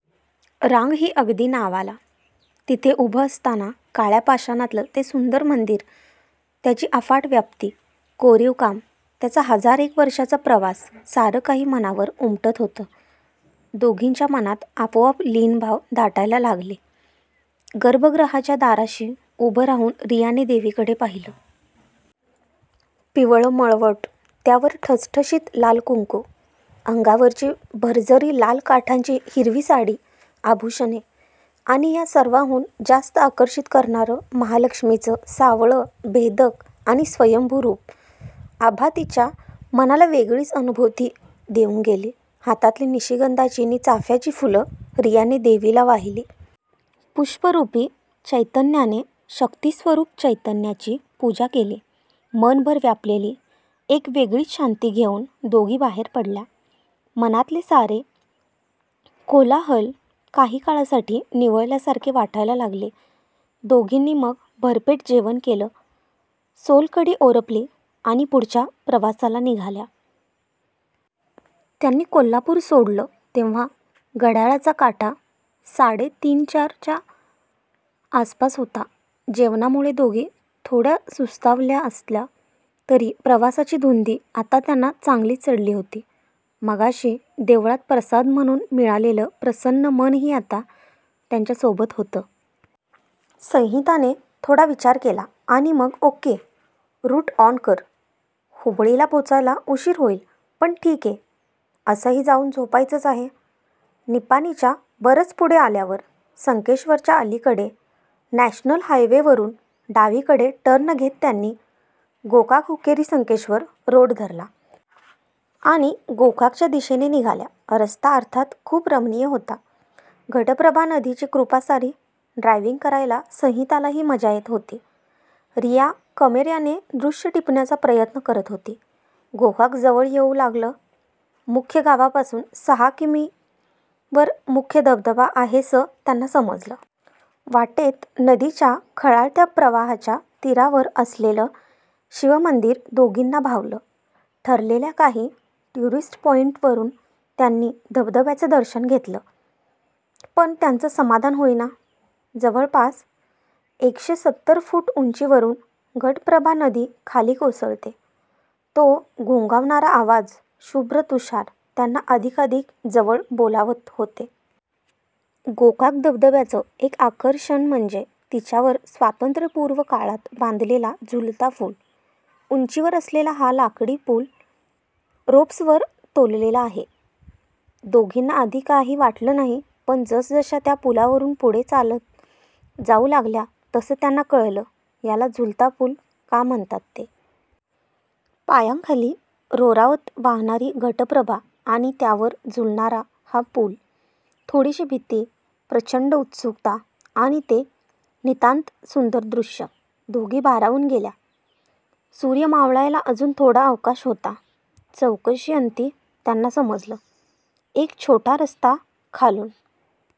रांगही अगदी नावाला. तिथे उभं असताना काळ्या पाषाणातलं ते सुंदर मंदिर, त्याची अफाट व्याप्ती, कोरीवकाम, त्याचा हजार एक वर्षांचा प्रवास सारं काही मनावर उमटत होतं. दोघींच्या मनात आपोआप लीन भाव दाटायला लागले. गर्भगृहाच्या दाराशी उभं राहून रियाने देवीकडे पाहिलं. पिवळं मळवट, त्यावर ठसठशीत लाल कुंकू, अंगावरची भरजरी लाल काठांची हिरवी साडी, आभूषणे आणि या सर्वाहून जास्त आकर्षित करणारं महालक्ष्मीचं सावळं, भेदक, आणि स्वयंभू रूप, आभा तिच्या मनाला वेगळीच अनुभूती देऊन गेली. हातातली निशिगंधाची नि चाफ्याची फुलं रियाने देवीला वाहिली. पुष्परूपी चैतन्याने शक्तीस्वरूप चैतन्याची पुजा केली! मनभर व्यापलेली एक वेगळीच शांती घेऊन दोघी बाहेर पडल्या. मनातले सारे कोलाहल काही काळासाठी निवळल्या सारखे वाटायला लागले. दोघींनी मग भरपेट जेवण केलं. सोलकढी ओरपली. आणि पुढच्या प्रवासाला निघाल्या. त्यांनी कोल्हापूर सोडलं तेव्हा घड्याळाचा काटा साडे तीनचार च्या आसपास होता. जेवणामुळे दोघी थोड्या सुस्तावल्या असल्या तरी प्रवासाची धुंदी आता त्यांना चांगलीच चढली होती. मगाशी देवळात प्रसाद म्हणून मिळालेलं प्रसन्न मनही आता त्यांच्या सोबत होतं. संहिता ने थोडा विचार केला. आणि मग, ओक्के, रूट ऑन कर. हुबळीला पोचायला उशीर होईल पण ठिके. असंही जाऊन झोपायचंच आहे. निपाणीच्या बरंच पुढे आल्यावर संकेश्वरच्या अलिकडे नॅशनल हायवे वरुन डावीकडे टर्न घेत त्यांनी गोकाकहुक्केरीसंकेश्वर रोड धरला. आणि गोककच्या दिशेने निघाल्या. रस्ता अर्थात खूप रमणीय होता. घट्प्रभा नदीची कृपा सारी. ड्रायविंग करायला संहितालाही मजा येत होती. रिया कमेर्याने दृश्य टिपण्याचा प्रयत्न करत होती. गोकाक जवळ येऊ लागलं. मुख्य गावापासून सहा किमीवर मुख्य धबधबा आहेसं त्यांना समजलं. वाटेत नदीच्या खळाळत्या प्रवाहाच्या तीरावर असलेलं शिवमंदिर दोघींना भावलं. ठरलेल्या काही टुरिस्ट पॉईंट्स वरुन त्यांनी धबधब्याचं दर्शन घेतलं. पण त्यांचं समाधान होईना. जवळपास एकशेसत्तर फुट उंचीवरून घटप्रभा नदी खाली कोसळते. तो घोंघावणारा आवाज, शुभ्र तुषार त्यांना अधिकाधिक जवळ बोलावत होते. गोकाक धबधब्याचं एक आकर्षण म्हणजे, तिच्यावर स्वातंत्र्यपूर्व काळात बांधलेला झुलता पूल. उंचीवर असलेला हा लाकडी पूल रोप्स वर तोललेला आहे. दोघींना आधी काही वाटलं नाही. पण जसजशा त्या पूलावरून पुढे चालत जाऊ लागल्या तसं त्यांना कळलं याला झुलता पूल का म्हणतात ते. पायांखाली रोरावत वाहणारी घटप्रभा आणि त्यावर झुलणारा हा पूल. थोडीशी भीती, प्रचंड उत्सुकता आणि ते नितांत सुंदर दृश्य. दोघी भारावून गेल्या. सूर्य मावळायला अजून थोडा अवकाश होता॰चौकशी अंती त्यांना समजलं, एक छोटा रस्ता खालून